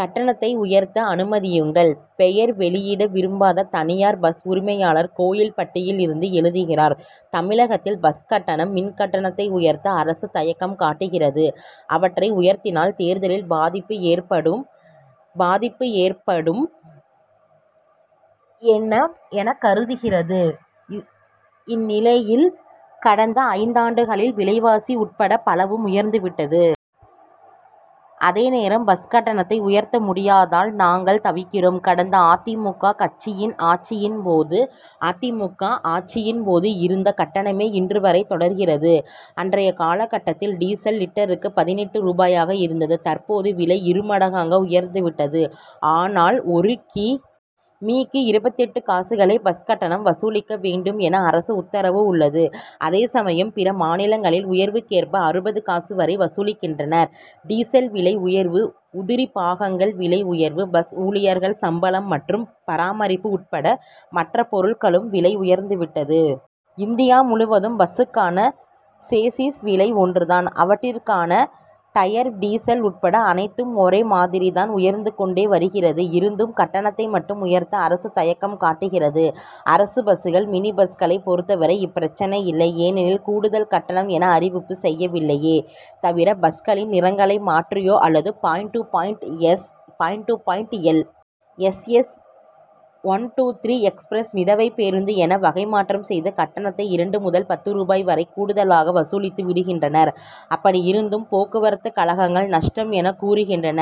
கட்டணத்தை உயர்த்த அனுமதியுங்கள்! பெயர் வெளியிட விரும்பாத தனியார் பஸ் உரிமையாளர் கோவில்பட்டியில் இருந்து எழுதுகிறார் தமிழகத்தில் பஸ் கட்டணம் மின் கட்டணத்தை உயர்த்த அரசு தயக்கம் காட்டுகிறது. அவற்றை உயர்த்தினால் தேர்தலில் பாதிப்பு ஏற்படும் என கருதுகிறது. இந்நிலையில் கடந்த ஐந்தாண்டுகளில் விலைவாசி உட்பட பலவும் உயர்ந்து விட்டது. அதேநேரம் பஸ் கட்டணத்தை உயர்த்த முடியாததால் நாங்கள் தவிக்கிறோம். கடந்த அ. தி. மு. க. ஆட்சியின் போது இருந்த கட்டணமே இன்று வரை தொடர்கிறது. அன்றைய காலகட்டத்தில் டீசல் லிட்டருக்கு பதினெட்டு ரூபாயாக இருந்தது. தற்போது விலை இருமடங்கு உயர்ந்து விட்டது. ஆனால் ஒரு கி. மீ.க்கு இருபத்தெட்டு காசுகளே பஸ் கட்டணம் வசூலிக்க வேண்டும் என அரசு உத்தரவு உள்ளது. அதேசமயம் பிற மாநிலங்களில் உயர்வுக் கேற்ப அறுபது காசு வரை வசூலிக்கின்றனர். டீசல் விலை உயர்வு உதிரிபாகங்கள் விலை உயர்வு பஸ் ஊழியர்கள் சம்பளம் மற்றும் பராமரிப்பு உட்பட மற்ற பொருட்களுக்கும் விலை உயர்ந்துவிட்டது. இந்தியா முழுவதும் பஸ்களுக்கான சேசிஸ் விலை ஒன்றுதான். அவற்றுக்கான டயர் டீசல் உட்பட அனைத்தும் ஒரே மாதிரிதான் உயர்ந்து கொண்டே வருகிறது. இருந்தும் கட்டணத்தை மட்டும் உயர்த்த அரசு தயக்கம் காட்டுகிறது. அரசு பஸ்கள் மினி பஸ்களை பொறுத்தவரை இப்பிரச்னை இல்லை. ஏனெனில் கூடுதல் கட்டணம் என அறிவிப்பு செய்யவில்லையே தவிர பஸ்களின் நிறங்களை மாற்றியோ அல்லது point to point L. S. S. One two three express மிதவை பேருந்து என வகை மாற்றம் செய்து கட்டணத்தை இரண்டு முதல் பத்து ரூபாய் வரை கூடுதலாக வசூலித்து விடுகின்றனர். அப்படியிருந்தும் போக்குவரத்துக் கழகங்கள் நஷ்டம் என கூறுகின்றன.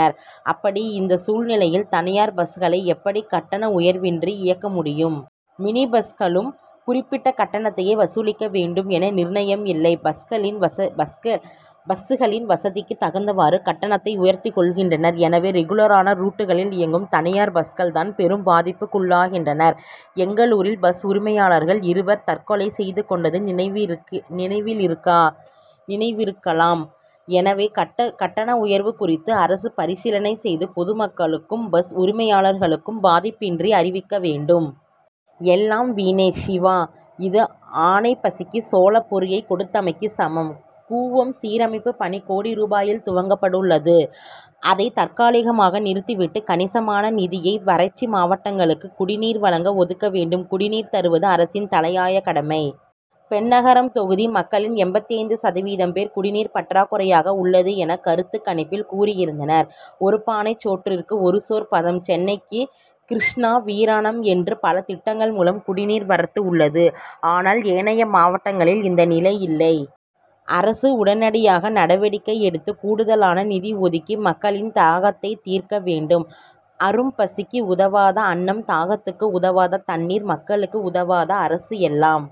அப்படி இந்த சூழ்நிலையில் தனியார் பஸ்களை எப்படி கட்டண உயர்வின்றி இயக்க முடியும்? மினி பஸ்களுக்கும் குறிப்பிட்ட கட்டணத்தையே வசூலிக்க வேண்டும் என நிர்ணயம் இல்லை. பஸ்களின் வசதிக்கு தகுந்தவாறு கட்டணத்தை உயர்த்திக் கொள்கின்றனர். எனவே ரெகுலரான ரூட்களில் இயங்கும் தனியார் பஸ்கள் தான் பெரும் பாதிப்புக்குள்ளாகின்றன. எங்களூரில் பஸ் உரிமையாளர்கள் இருவர் தற்கொலை செய்து கொண்டது நினைவிருக்கலாம். எனவே கட்டண உயர்வு குறித்து அரசு பரிசீலனை செய்து பொதுமக்களுக்கும் பஸ் உரிமையாளர்களுக்கும் பாதிப்பின்றி அறிவிக்க வேண்டும். எல்லாம் வீணே! சிவ. இது ஆனைப் பசிக்கு சோளப் பொரியைக் கொடுத்தமைக்குச் சமம். கூவம் சீரமைப்பு பணி கோடி ரூபாயில் துவங் கப்பட்டுள்ளது. அதை தற்காலிகமாக நிறுத்தி விட்டு கணிசமான நிதியை வறட்சி மாவட்டங்களுக்கு குடிநீர் வழங்க ஒதுக்க வேண்டும். குடிநீர் தருவது அரசின் தலையாய கடமை. பென்னாகரம் தொகுதி மக்களில் எண்பத்தைந்து சதவீதம் பேர் குடிநீர் பற்றாக்குறையாக உள்ளது என்று கருத்துக் கணிப்பில் கூறியிருந்தனர். ஒரு பானை சோற்றுக்கு ஒரு சோறு பதம்! சென்னைக்கு கிருஷ்ணா வீராணம் என்று பல திட்டங்கள் மூலம் குடிநீர் வரத்து உள்ளது. ஆனால் ஏனைய மாவட்டங்களில் இந்த நிலை இல்லை. அரசு உடனடியாக நடவடிக்கை எடுத்து கூடுதலான நிதி ஒதுக்கி மக்களின் தாகத்தை தீர்க்க வேண்டும். அரும்பசிக்கு உதவாத அன்னம் தாகத்துக்கு உதவாத தண்ணீர் மக்களுக்கு உதவாத அரசு எல்லாம்